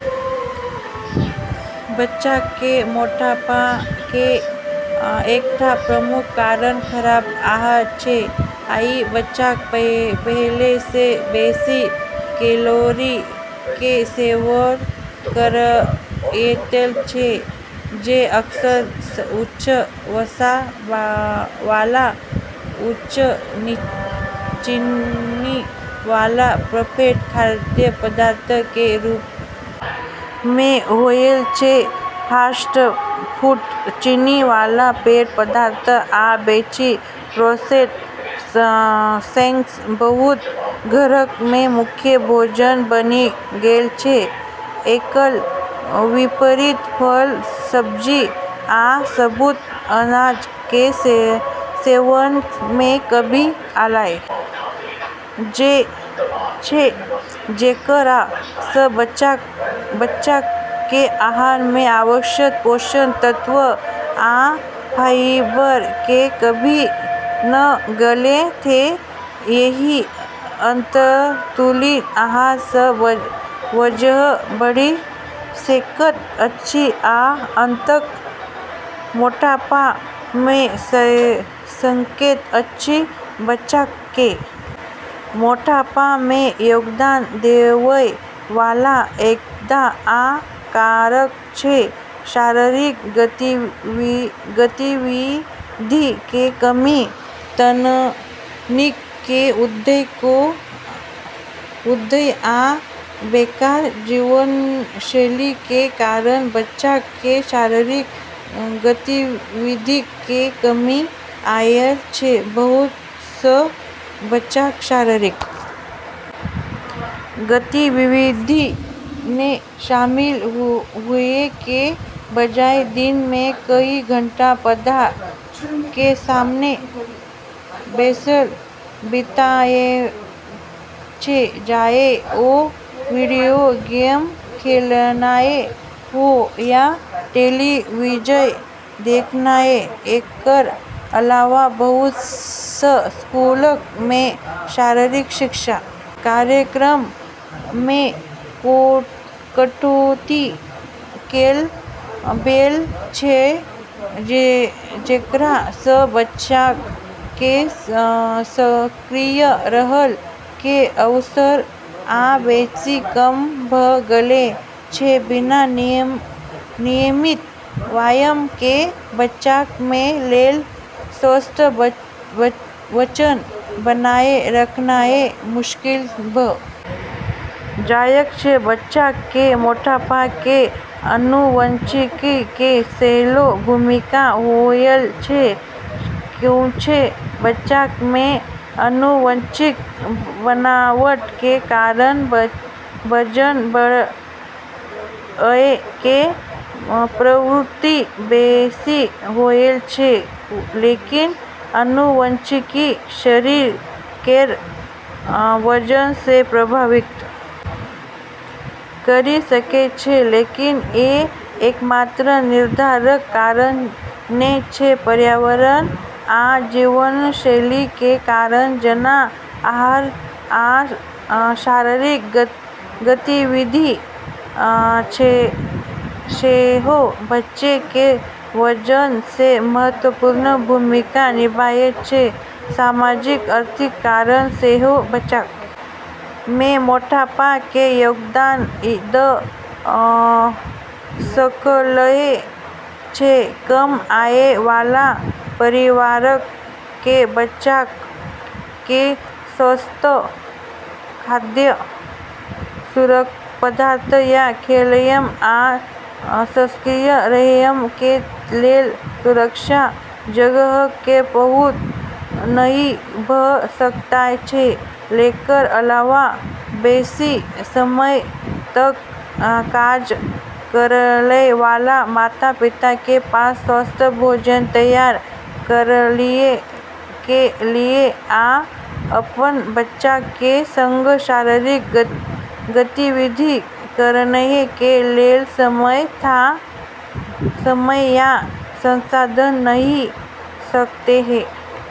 बच्चाक कें मोटापा कें एकटा प्रमुख कारण खराब आहार छै, आइ बच्चाक पहिले सं बेसि कैलोरी कें सेवन करएयत छै जे अक्सर उच्च वसा वाला उच्च चीनी वाला प्रोसेस्ड खाद्य पदार्थक कें रूप मे होयत छै, फास्ट फूड, चीनी वाला पेय पदार्थ आ बेसि प्रोसेस्ड स्नैक्स बहुत घरक मे मुख्य भोजन बनि गेल छै, एकर विपरीत फल, सब्जी आ साबुत अनाज कें सेवन मे कमी आयल छै जेकरा सं बच्चाक कें आहार मे आवश्यक पोषक तत्व आ फाइबर कें कमी भ गेल छै, एहि असंतुलित आहार सं वजन बढ़ि सकैत अछि आ अंततः मोटापा भ सकैत अछि, बच्चाक कें मोटापा मे योगदान देवय वाला एकटा आ कारक छै शारीरिक गतिविधि कें कमी, तकनीक कें उदय आ बेकार जीवनशैली कें कारण बच्चाक मे शारीरिक गतिविधि मे कमी आयल छै, बहुत सं बच्चाक शारीरिक गतिविधि मे शामिल हुए कें बजाय दिन मे कई घंटा पर्दा कें सामने बैसल बिताएयत छै चाहे ओ वीडियो गेम खेलनाय हो या टेलीविजन देखनाय, एकर अलावा बहुत सं स्कूलक मे शारीरिक शिक्षा कार्यक्रमक मे कटौती कैल गेल छै जेकरा सं बच्चाक कें सक्रिय रहय कें अवसर आ बेसि कम भ गेल छै बिना नियमित व्यायाम कें बच्चाक कें लेल स्वस्थ वजन बनाए रखनाय मुश्किल भ जायत छै, बच्चाक कें मोटापा मे आनुवंशिकी कें सेहो भूमिका होयत छै, किच्छू बच्चाक कें आनुवंशिक बनावट कें कारण वजन बढ़एय कें प्रवृत्ति बेसि होयत छै, लेकिन आनुवंशिकी शरीर केरऽ वजन के प्रभावित करी सकै छै, लेकिन ई एकमात्र निर्धारक कारक नै छै, पर्यावरण आ जीवनशैली कें कारक जेना आहार आ शारीरिक गतिविधि सेहो बच्चा कें वजन मे महत्वपूर्ण भूमिका निभायत छै, सामाजिक-आर्थिक कारक सेहो बच्चाक कें मोटापा मे योगदान द सकएय छै, कम आय वाला परिवारक कें बच्चाक कें स्वस्थ खाद्य पदार्थक या खेलएय आ सक्रिय रहएय कें लेल सुरक्षित जगहक कें पहुंच नहि भ सकएय छै, एकर अलावा बेसि समय तइक काज करएय वाला माता-पिता कें पास स्वस्थ भोजन तैयार करएय कें लेल या अपन बच्चाक कें संग शारीरिक गतिविधि करएय कें लेल समय या संसाधन नहि भ सकएय छै।